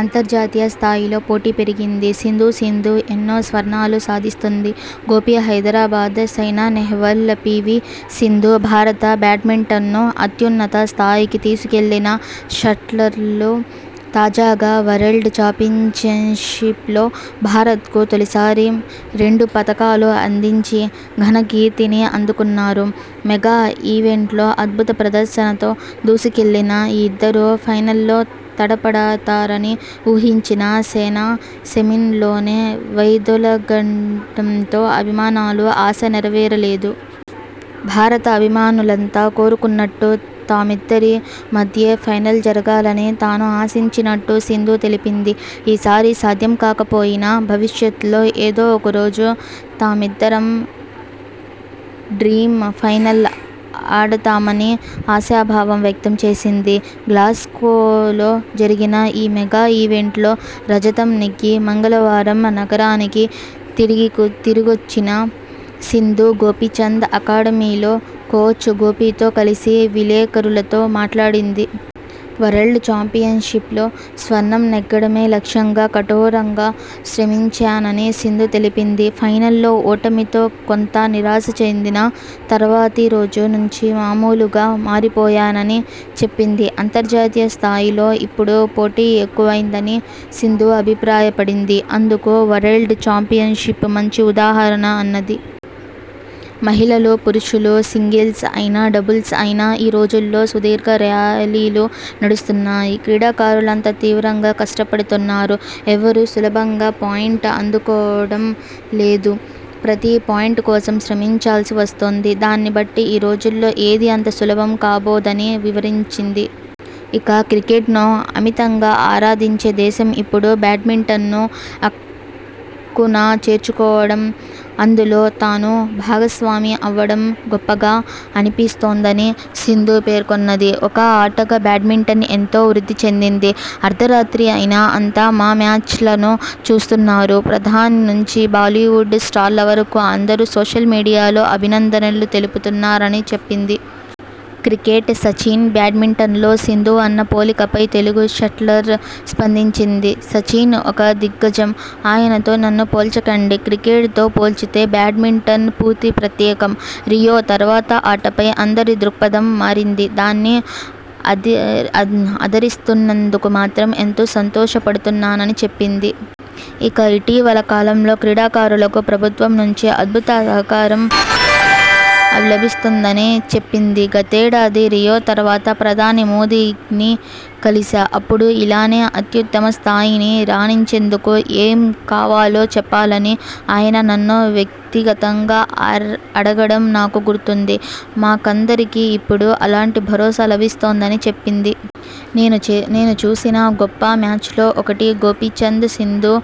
అంతర్జాతీయ స్థాయిలో పోటీ పెరిగింది సింధు సింధు ఎన్నో స్వర్ణాలు సాధిస్తుంది గోపీ హైదరాబాద్ సైనా నెహ్వాల్, పీవీ సింధు భారత బ్యాడ్మింటన్ను అత్యున్నత స్థాయికి తీసుకెళ్లిన షట్లర్లు. తాజాగా, వరల్డ్ చాంపియన్షిప్లో భారత్కు తొలిసారి రెండు పతకాలు అందించి ఘనకీర్తిని అందుకున్నారు. మెగా ఈవెంట్లో అద్భుత ప్రదర్శనతో దూసుకెళ్లిన ఈ ఇద్దరూ ఫైనల్లో తలపడతారని ఊహించినా సైనా సెమీస్లోనే వైదొలగడంతో అభిమానుల ఆశ నెరవేరలేదు. భారత అభిమానులంతా కోరుకున్నట్టు తామిద్దరి మధ్యే ఫైనల్ జరగాలని తానూ ఆశించినట్టు సింధు తెలిపింది. ఈ సారి సాధ్యం కాకపోయినా భవిష్యత్లో ఏదో ఒకరోజు తామిద్దరం 'డ్రీమ్ ఫైనల్' ఆడతామని ఆశాభావం వ్యక్తం చేసింది. గ్లాస్గోలో జరిగిన ఈ మెగా ఈవెంట్లో రజతం నెగ్గి మంగళవారం నగరానికి తిరిగొచ్చిన సింధు గోపీచంద్ అకాడమీలో కోచ్ గోపీతో కలిసి విలేకరులతో మాట్లాడింది. వరల్డ్ చాంపియన్షిప్లో స్వర్ణం నెగ్గడమే లక్ష్యంగా కఠోరంగా శ్రమించానని సింధు తెలిపింది. ఫైనల్లో ఓటమితో కొంత నిరాశ చెందినా తర్వాతి రోజు నుంచి మామూలుగా మారిపోయానని చెప్పింది. అంతర్జాతీయ స్థాయిలో ఇప్పుడు పోటీ ఎక్కువైందని సింధు అభిప్రాయపడింది. అందుకు వరల్డ్ చాంపియన్షిప్ మంచి ఉదాహరణ అన్నది. 'మహిళలు, పురుషులు సింగిల్స్ అయినా డబుల్స్ అయినా ఈ రోజుల్లో సుదీర్ఘ ర్యాలీలు నడుస్తున్నాయి. క్రీడాకారులంతా తీవ్రంగా కష్టపడుతున్నారు. ఎవ్వరూ సులభంగా పాయింట్ అందుకోవడం లేదు. ప్రతీ పాయింట్ కోసం శ్రమించాల్సి వస్తోంది. దాన్ని బట్టి ఈ రోజుల్లో ఏదీ అంత సులభం కాబోదని వివరించింది. ఇక, క్రికెట్ను అమితంగా ఆరాధించే దేశం ఇప్పుడు బ్యాడ్మింటన్ను అక్కున చేర్చుకోవడం, అందులో తానూ భాగస్వామి అవడం గొప్పగా అనిపిస్తోందని సింధు పేర్కొన్నది. 'ఒక ఆటగా బ్యాడ్మింటన్ ఎంతో వృద్ధి చెందింది. అర్ధరాత్రి అయినా అంతా మా మ్యాచ్లను చూస్తున్నారు. ప్రధాని నుంచి బాలీవుడ్ స్టార్ల వరకూ అందరూ సోషల్ మీడియాలో అభినందనలు తెలుపుతున్నారని చెప్పింది. క్రికెట్లో సచిన్ బ్యా డ్మింటన్లో సింధు అన్న పోలికలపై తెలుగు షట్లర్ స్పందించింది. 'సచిన్ ఒక దిగ్గజం. ఆయనతో నన్ను పోల్చకండి. క్రికెట్తో పోల్చితే బ్యాడ్మింటన్ పూర్తి ప్రత్యేకం. రియో తర్వాత ఆటపై అందరి దృక్పథం మారింది. దాన్ని ఆదరిస్తున్నందుకు మాత్రం ఎంతో సంతోష పడుతున్నానని చెప్పింది. ఇక, ఇటీవల కాలంలో క్రీడాకారులకు ప్రభుత్వం నుంచి అద్భుత సహకారం లభిస్తోందని చెప్పింది. 'గతేడాది రియో తర్వాత ప్రధాని మోదీని కలిశా. అప్పుడు ఇలానే అత్యుత్తమ స్థాయిలో రాణించేందుకు ఏం కావాలో చెప్పాలని ఆయన నన్ను వ్యక్తిగతంగా అడగడం నాకు గుర్తుంది. మాకందరికీ ఇప్పుడు అలాంటి భరోసా లభిస్తోందని చెప్పింది. నేను చూసిన గొప్ప మ్యాచ్ల్లో ఒకటి గోపీచంద్ సింధు,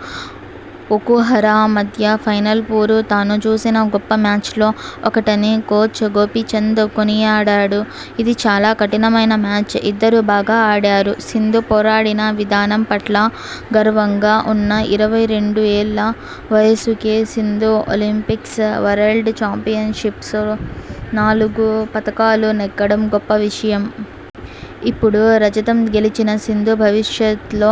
ఒకుహరా మధ్య ఫైనల్ పోరు తాను చూసిన గొప్ప మ్యాచ్ల్లో ఒకటని కోచ్ గోపీచంద్ కొనియాడాడు. 'ఇది చాలా కఠినమైన మ్యాచ్. ఇద్దరూ బాగా ఆడారు. సింధు పోరాడిన విధానం పట్ల గర్వంగా ఉన్నా. ఇరవై రెండు ఏళ్ల వయసుకే సింధు ఒలింపిక్స్, వరల్డ్ చాంపియన్షిప్స్లో నాలుగు పతకాలు నెగ్గడం గొప్ప విషయం. ఇప్పుడు రజతం గెలిచిన సింధు భవిష్యత్లో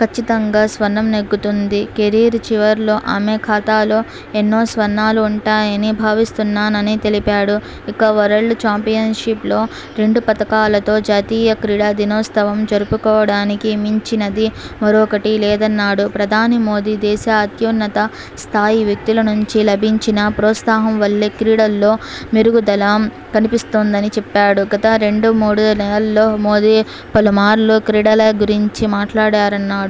కచ్చితంగా స్వర్ణం నెగ్గుతుంది. కెరీర్ చివర్లో ఆమె ఖాతాలో ఎన్నో స్వర్ణాలు ఉంటాయని భావిస్తున్నానని తెలిపాడు. ఇక, వరల్డ్ చాంపియన్షిప్లో రెండు పతకాలతో జాతీయ క్రీడా దినోత్సవం జరుపుకోవడానికి మించినది మరొకటి లేదన్నాడు. ప్రధాని మోదీ, దేశ అత్యున్నత స్థాయి వ్యక్తుల నుంచి లభించిన ప్రోత్సాహం వల్లే క్రీడల్లో మెరుగుదల కనిపిస్తోందని చెప్పాడు. గత రెండు మూడు నెలల్లో మోదీ పలుమార్లు క్రీడల గురించి మాట్లాడారన్నాడు.